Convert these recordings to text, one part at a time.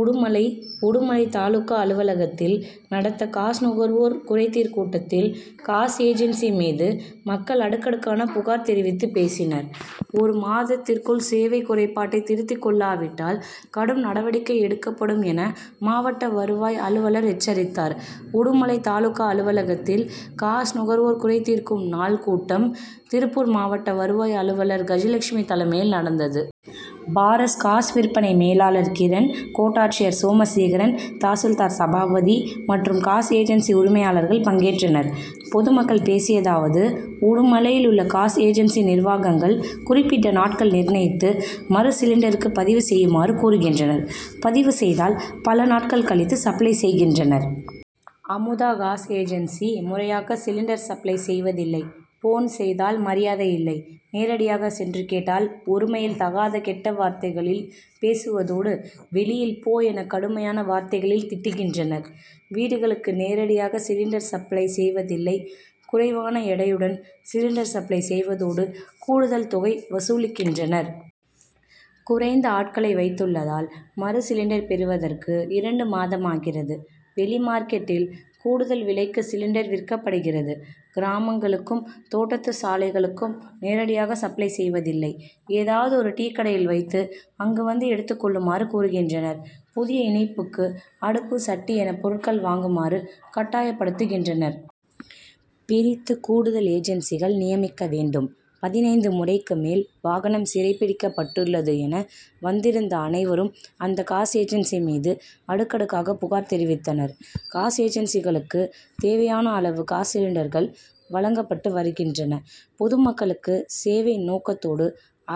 உடுமலை உடுமலை தாலுகா அலுவலகத்தில் நடத்த காஸ் நுகர்வோர் குறைதீர் கூட்டத்தில், காஸ் ஏஜென்சி மீது மக்கள் அடுக்கடுக்கான புகார் தெரிவித்து பேசினர். ஒரு மாதத்திற்குள் சேவை குறைபாட்டை திருத்திக்கொள்ளாவிட்டால் கடும் நடவடிக்கை எடுக்கப்படும் என மாவட்ட வருவாய் அலுவலர் எச்சரித்தார். உடுமலை தாலுகா அலுவலகத்தில், காஸ் நுகர்வோர் குறைதீர்க்கும் நாள் கூட்டம், திருப்பூர் மாவட்ட வருவாய் அலுவலர் கஜலட்சுமி தலைமையில் நடந்தது. பாரஸ் காஸ் விற்பனை மேலாளர் கிரன், கோட்டாட்சியர் சோமசேகரன், தாசில்தார் சபாபதி மற்றும் காஸ் ஏஜென்சி உரிமையாளர்கள் பங்கேற்றனர். பொதுமக்கள் பேசியதாவது:உடுமலையிலுள்ள காஸ் ஏஜென்சி நிர்வாகங்கள் குறிப்பிட்ட நாட்கள் நிர்ணயித்து, மறு சிலிண்டருக்கு பதிவு செய்யுமாறு கூறுகின்றனர். பதிவு செய்தால் பல நாட்கள் கழித்து சப்ளை செய்கின்றனர். அமுதா காஸ் ஏஜென்சி, முறையாக சிலிண்டர் சப்ளை செய்வதில்லை. போன் செய்தால் மரியாதை இல்லை. நேரடியாக சென்று கேட்டால், ஒருமையில் தகாத கெட்ட வார்த்தைகளில் பேசுவதோடு, வெளியில் போ என கடுமையான வார்த்தைகளில் திட்டுகின்றனர். வீடுகளுக்கு நேரடியாக சிலிண்டர் சப்ளை செய்வதில்லை. குறைவான எடையுடன் சிலிண்டர் சப்ளை செய்வதோடு, கூடுதல் தொகை வசூலிக்கின்றனர். குறைந்த ஆட்களை வைத்துள்ளதால், மறு சிலிண்டர் பெறுவதற்கு இரண்டு மாதமாகிறது. வெளி மார்க்கெட்டில், கூடுதல் விலைக்கு சிலிண்டர் விற்கப்படுகிறது. கிராமங்களுக்கும், தோட்டத்துசாளைகளுக்கும் நேரடியாக சப்ளை செய்வதில்லை. ஏதாவது ஒரு டீ கடையில் வைத்து, அங்கு வந்து எடுத்துக் கொள்ளுமாறு கூறுகின்றனர். புதிய இணைப்புக்கு, அடுப்பு, சட்டி என பொருட்கள் வாங்குமாறு கட்டாயப்படுத்துகின்றனர். பிரித்து, கூடுதல் ஏஜென்சிகள் நியமிக்க வேண்டும். பதினைந்து முறைக்கு மேல் வாகனம் சிறைபிடிக்கப்பட்டுள்ளது என வந்திருந்த அனைவரும் அந்த காஸ் ஏஜென்சி மீது அடுக்கடுக்காக புகார் தெரிவித்தனர். காஸ் ஏஜென்சிகளுக்கு தேவையான அளவு காஸ் சிலிண்டர்கள் வழங்கப்பட்டு வருகின்றன. பொதுமக்களுக்கு சேவை நோக்கத்தோடு,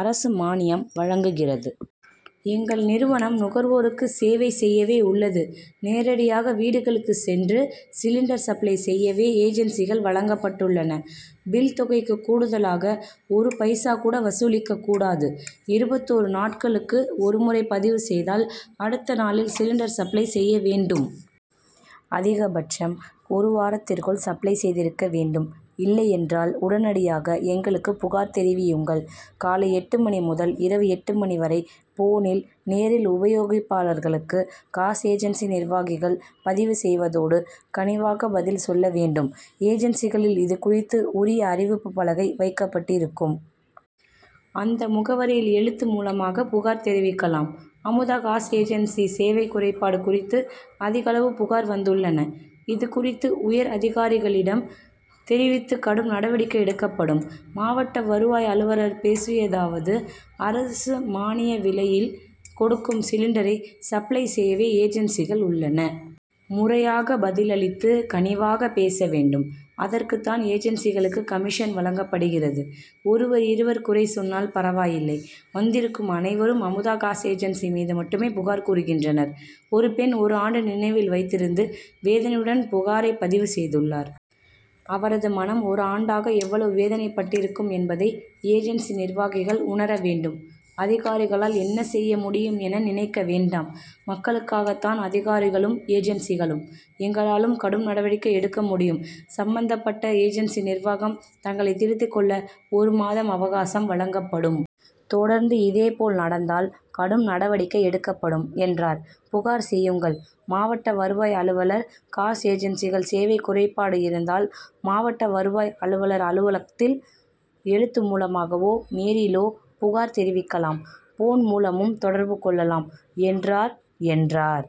அரசு மானியம் வழங்குகிறது. எங்கள் நிறுவனம் நுகர்வோருக்கு சேவை செய்யவே உள்ளது. நேரடியாக வீடுகளுக்கு சென்று சிலிண்டர் சப்ளை செய்யவே ஏஜென்சிகள் வழங்கப்பட்டுள்ளன. பில் தொகைக்கு கூடுதலாக ஒரு பைசா கூட வசூலிக்க கூடாது. இருபத்தொரு நாட்களுக்கு ஒரு முறை பதிவு செய்தால், அடுத்த நாளில் சிலிண்டர் சப்ளை செய்ய வேண்டும். அதிக பட்சம் ஒரு வாரத்திற்குள் சப்ளை செய்திருக்க வேண்டும். இல்லையென்றால் உடனடியாக எங்களுக்கு புகார் தெரிவியுங்கள். காலை எட்டு மணி முதல் இரவு எட்டு மணி வரை, போனில், நேரில் உபயோகிப்பாளர்களுக்கு காஸ் ஏஜென்சி நிர்வாகிகள் பதிவு செய்வதோடு, கனிவாக பதில் சொல்ல வேண்டும். ஏஜென்சிகளில் இது குறித்து உரிய அறிவிப்பு பலகை வைக்கப்பட்டிருக்கும். அந்த முகவரியில் எழுத்து மூலமாக புகார் தெரிவிக்கலாம். அமுதா காஸ் ஏஜென்சி சேவை குறைபாடு குறித்து அதிகளவு புகார் வந்துள்ளன. இது குறித்து உயர் அதிகாரிகளிடம் தெரிவித்து கடும் நடவடிக்கை எடுக்கப்படும். மாவட்ட வருவாய் அலுவலர் பேசியதாவது:அரசு மானிய விலையில் கொடுக்கும் சிலிண்டரை சப்ளை செய்யவே ஏஜென்சிகள் உள்ளன. முறையாக பதில் அளித்து, கனிவாக பேசவேண்டும். அதற்குத்தான் ஏஜென்சிகளுக்கு கமிஷன் வழங்கப்படுகிறது. ஒருவர், இருவர் குறை சொன்னால் பரவாயில்லை. வந்திருக்கும் அனைவரும் அமுதா காஸ் ஏஜென்சி மீது மட்டுமே புகார் கூறுகின்றனர். ஒரு பெண், ஒரு ஆண்டு நினைவில் வைத்திருந்து, வேதனையுடன் புகாரை பதிவு செய்துள்ளார். அவரது மனம் ஒரு ஆண்டாக எவ்வளவு வேதனை பட்டிருக்கும் என்பதை ஏஜென்சி நிர்வாகிகள் உணர வேண்டும். அதிகாரிகளால் என்ன செய்ய முடியும் என நினைக்க வேண்டாம். மக்களுக்காகத்தான் அதிகாரிகளும், ஏஜென்சிகளும். எங்களாலும் கடும் நடவடிக்கை எடுக்க முடியும்; சம்பந்தப்பட்ட ஏஜென்சி நிர்வாகம் தங்களை திருத்திக்கொள்ள ஒரு மாதம் அவகாசம் வழங்கப்படும். தொடர்ந்து, இதே போல் நடந்தால் கடும் நடவடிக்கை எடுக்கப்படும். ' என்றார். புகார் செய்யுங்கள்:மாவட்ட வருவாய் அலுவலர், காஸ் ஏஜென்சிகள் சேவை குறைபாடு இருந்தால், மாவட்ட வருவாய் அலுவலர் அலுவலக்தில் எழுத்து மூலமாகவோ, நேரிலோ புகார் தெரிவிக்கலாம். போன் மூலமும் தொடர்பு கொள்ளலாம்' என்றார். என்றார்.